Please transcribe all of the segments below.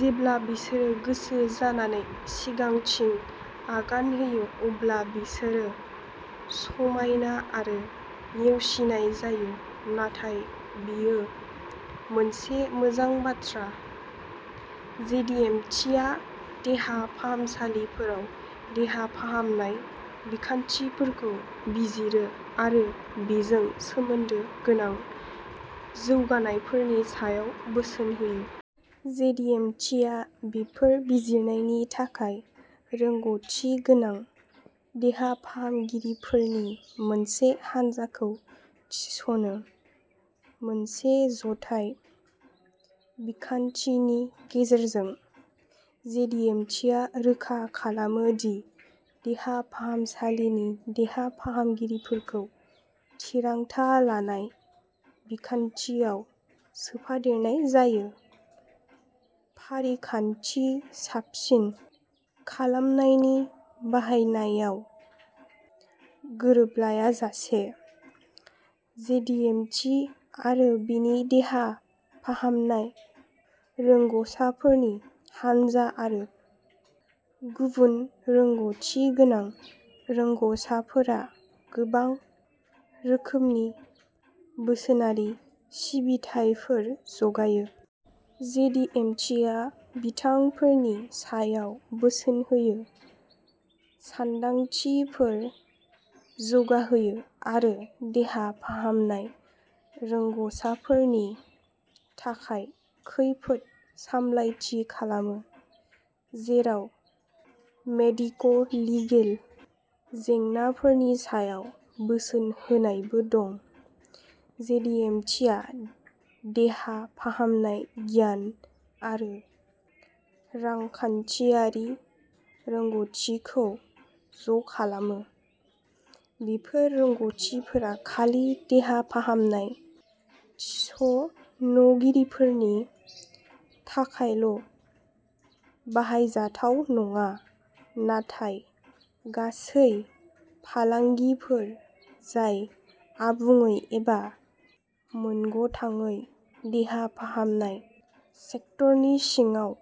जेब्ला बिसोरो गोसो जानानै सिगांथिं आगान होयो अब्ला बिसोरो समायना आरो नेवसिनाय जायो। नाथाय बेयो मोनसे मोजां बाथ्रा। जेडिएमटिआ देहा फाहामसालिफोराव देहा फाहामनाय बिखान्थिफोरखौ बिजिरो आरो बेजों सोमोन्दो गोनां जौगानायफोरनि सायाव बोसोन होयो। जेडिएमटिआ बेफोर बिजिरनायनि थाखाय रोंग'थिगोनां देहा फाहामगिरिफोरनि मोनसे हानजाखौ थिसनो। मोनसे जथाय बिखान्थिनि गेजेरजों, जेडिएमटिआ रोखा खालामो दि देहा फाहामसालिनि देहा फाहामगिरिफोरखौ थिरांथा लानाय बिखान्थियाव सोफादेरनाय जायो, फारिखान्थि साबसिन खालामनायनि बाहायनायाव गोरोबलायाजासे। जेडिएमटि आरो बेनि देहा फाहामनाय रोंग'साफोरनि हानजा आरो गुबुन रोंग'थिगोनां रोंग'साफोरा गोबां रोखोमनि बोसोनारि सिबिथाइफोर जगायो। जेडिएमटिआ बिथांखिफोरनि सायाव बोसोन होयो, सानदांथिफोर जौगाहोयो आरो देहा फाहामनाय रोंग'साफोरनि थाखाय खैफोद सामलायथि खालामो, जेराव मेडिको-लिगेल जेंनाफोरनि सायाव बोसोन होनायबो दं। जेडिएमटिआ देहा फाहामनाय गियान आरो रांखान्थियारि रोंग'थिखौ ज'खालामो। बेफोर रोंग'थिफोरा खालि देहा फाहामनाय थिस'नगिरिफोरनि थाखायल'बाहायजाथाव नङा, नाथाय गासै फालांगिफोर जाय आबुङै एबा मोनगथांङै देहा फाहामनाय सेक्टरनि सिङाव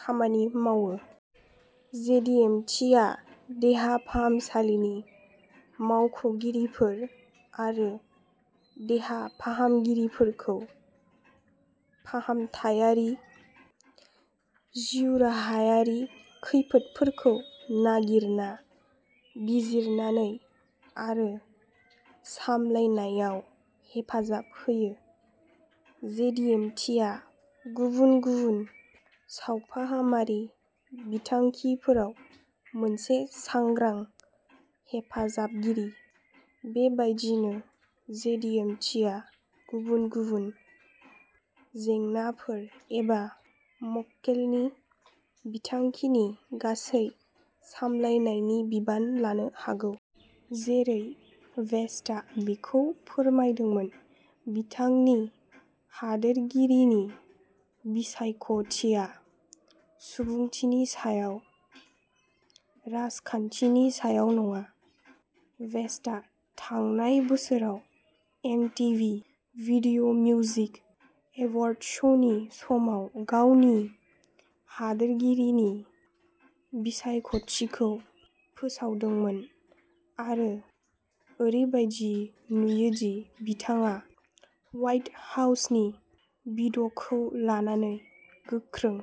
खामानि मावो। जेडिएमटिआ देहा फाहामसालिनि मावख'गिरिफोर आरो देहा फाहामगिरिफोरखौ फाहामथायारि जिउराहायारि खैफोदफोरखौ नागिरना, बिजिरनानै आरो सामलायनायाव हेफाजाब होयो। जेडिएमटिआ गुबुन गुबुन सावफाहामारि बिथांखिफोराव मोनसे सांग्रां हेफाजाबगिरि। बेबायदिनो, जेडिएमटिआ गुबुन गुबुन जेंनाफोर एबा मक्केलनि बिथांखिनि गासै सामलायनायनि बिबान लानो हागौ। जेरै वेस्टआ बेखौ फोरमायदोंमोन, बिथांनि हादोरगिरिनि बिसायख'थिया सुबुंथिनि सायाव, राजखान्थिनि सायाव नङा। वेस्टआ थांनाय बोसोराव एमटीवी भिदिय'मिउजिक एवार्ड्सनि समाव गावनि हादोरगिरिनि बिसायख'थिखौ फोसावदोंमोन, आरो ओरैबायदि नुयोदि बिथाङा ह्वाइट हाउसनि बिडखौ लानानै गोख्रों।